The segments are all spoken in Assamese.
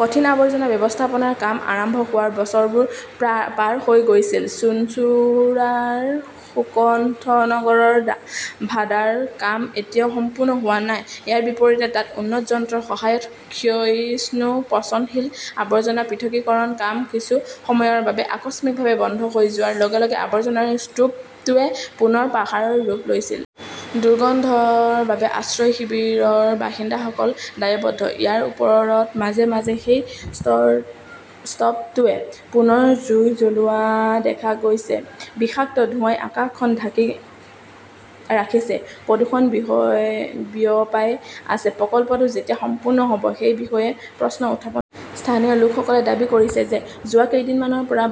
কঠিন আৱৰ্জনা ব্যৱস্থাপনাৰ কাম আৰম্ভ হোৱাৰ বছৰবোৰ পাৰ হৈ গৈছিল। চুঞ্চুৰাৰ সুকন্তনগৰৰ ভাডাৰ কাম এতিয়াও সম্পূৰ্ণ হোৱা নাই। ইয়াৰ বিপৰীতে, তাত উন্নত যন্ত্ৰৰ সহায়ত ক্ষয়িষ্ণু-পচনশীল আৱৰ্জনা পৃথকীকৰণৰ কাম কিছু সময়ৰ বাবে আকস্মিকভাৱে বন্ধ হৈ যোৱাৰ লগে লগে আৱৰ্জনাৰ স্তূপটোৱে পুনৰ পাহাৰৰ ৰূপ লৈছিল। দুৰ্গন্ধৰ বাবে আশ্ৰয় শিবিৰৰ বাসিন্দাসকল দায়বদ্ধ। ইয়াৰ ওপৰত মাজে মাজে সেই স্তুপটোৱে পুনৰ জুই জ্বলোৱা দেখা গৈছে। বিষাক্ত ধোঁৱাই আকাশখন ঢাকি ৰাখিছে। প্ৰদূষণ বিয়পাই আছে। প্ৰকল্পটো কেতিয়া সম্পূৰ্ণ হ "ব সেই বিষয়ে প্ৰশ্ন উত্থাপন হৈছে। স্থানীয় লোকসকলে দাবী কৰিছে যে যোৱা কেইদিনমানৰ পৰা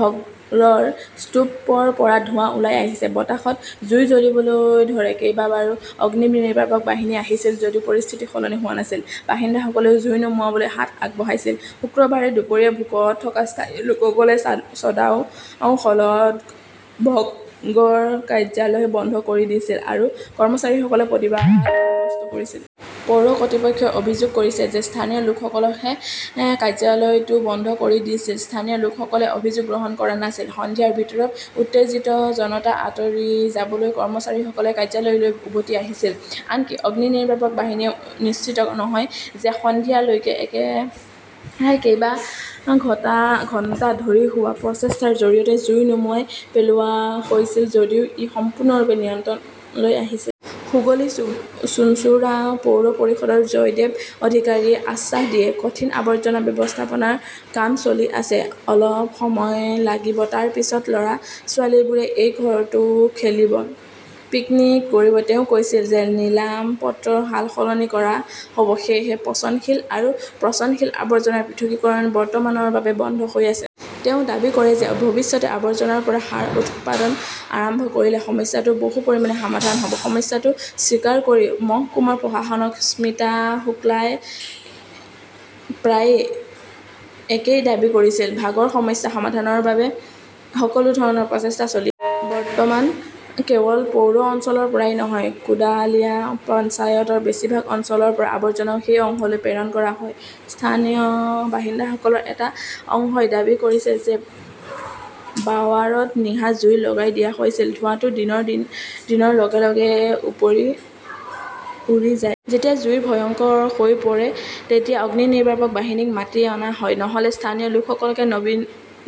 ভগড়ৰ স্তূপৰ পৰা ধোঁৱা ওলাই আহিছে। বতাহত জুই জ্বলিবলৈ ধৰে। কেইবাবাৰো অগ্নিনিৰ্বাপক বাহিনী আহিছিল যদিও পৰিস্থিতি সলনি হোৱা নাছিল। বাসিন্দাসকলেও জুই নুমুৱাবলৈ হাত আগবঢ়াইছিল। শুকুৰবাৰে দুপৰীয়া ভোকত থকা স্থানীয় লোকসকলে চদাও হলত ভগড়ৰ কাৰ্যালয় বন্ধ কৰি দিছিল আৰু কৰ্মচাৰীসকলে প্ৰতিবাদ সাব্যস্ত কৰিছিল। পৌৰ কৰ্তৃপক্ষই অভিযোগ কৰিছে যে স্থানীয় লোকসকলেহে কাৰ্যালয়টো বন্ধ কৰি দিছিল। স্থানীয় লোকসকলে অভিযোগ গ্ৰহণ কৰা নাছিল। সন্ধিয়াৰ ভিতৰত উত্তেজিত জনতা আঁতৰি যাবলৈ কৰ্মচাৰীসকলে কাৰ্যালয়লৈ উভতি আহিছিল। আনকি অগ্নিনিৰ্বাপক বাহিনীয়েও নিশ্চিত নহয় যে সন্ধিয়া লৈকে একেৰাহে কেইবা ঘণ্টা ধৰি হোৱা প্ৰচেষ্টাৰ জৰিয়তে জুই নুমুৱাই পেলোৱা হৈছিল যদিও ই সম্পূৰ্ণৰূপে নিয়ন্ত্ৰণলৈ আহিছিল। হুগলী-চুঞ্চুৰা পৌৰ পৰিষদৰ জয়দেব অধিকাৰীয়ে আশ্বাস দিয়ে, "কঠিন আৱৰ্জনা ব্যৱস্থাপনাৰ কাম চলি আছে। অলপ সময় লাগিব। তাৰপিছত ল "ৰা-ছোৱালীবোৰে এই ঘৰটোত খেলিব, পিকনিক কৰিব। "তেওঁ কৈছিল যে নিলাম-পত্ৰত সালসলনি কৰা হ" ব। সেয়েহে পচনশীল আৰু পচনশীল আৱৰ্জনাৰ পৃথকীকৰণ বৰ্তমানৰ বাবে বন্ধ হৈ আছে। তেওঁ দাবী কৰে যে ভৱিষ্যতে আৱৰ্জনাৰ পৰা সাৰ উৎপাদন আৰম্ভ কৰিলে সমস্যাটো বহু পৰিমাণে সমাধান হ’ব। সমস্যাটো স্বীকাৰ কৰি মহকুমা প্ৰশাসক স্মিতা শুক্লাইও প্ৰায় একেই দাবী কৰিছিল। "ভাগৰ সমস্যা সমাধানৰ বাবে সকলো ধৰণৰ প্ৰচেষ্টা চলি আছে। "বৰ্তমান কেৱল পৌৰ অঞ্চলৰ পৰাই নহয়, কোডালিয়া পঞ্চায়তৰ বেছিভাগ অঞ্চলৰ পৰা আৱৰ্জনাও সেই অংশলৈ প্ৰেৰণ কৰা হয়। স্থানীয় বাসিন্দাসকলৰ এটা অংশই দাবী কৰিছে যে বাৱাৰত নিশা জুই লগাই দিয়া হৈছিল। ধোঁৱাটো দিনৰ লগে লগে উৰি যায়। যেতিয়া জুই ভয়ংকৰ হৈ পৰে তেতিয়া অগ্নিনিৰ্বাপক বাহিনীক মাতি অনা হয়। নহ "লে স্থানীয় লোকসকলে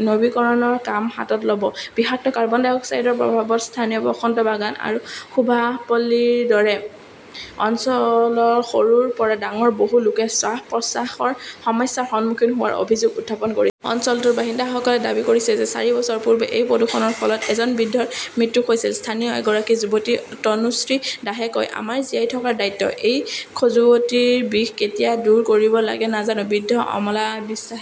নৱীকৰণৰ কাম হাতত ল" ব। বিষাক্ত কাৰ্বন-ডাই অক্সাইডৰ প্ৰভাৱত স্থানীয় বসন্ত বাগান আৰু সুভাষপল্লীৰ দৰে অঞ্চলৰ সৰুৰ পৰা ডাঙৰ বহু লোকে শ্বাস-প্ৰশ্বাসৰ সমস্যাৰ সন্মুখীন হোৱাৰ অভিযোগ উত্থাপন কৰিছে। অঞ্চলটোৰ বাসিন্দাসকলে দাবী কৰিছে যে চাৰি বছৰ পূৰ্বে এই প্ৰদূষণৰ ফলত এজন বৃদ্ধৰ মৃত্যু হৈছিল। স্থানীয় এগৰাকী যুৱতী তনুশ্ৰী দাসে কয়, "আমাৰ জীয়াই থকাৰ দায়িত্ব! " এই খজুৱতিৰ বিষ কেতিয়া দূৰ কৰিব লাগে নাজানো। "বৃদ্ধ অমলা বিশ্বাসে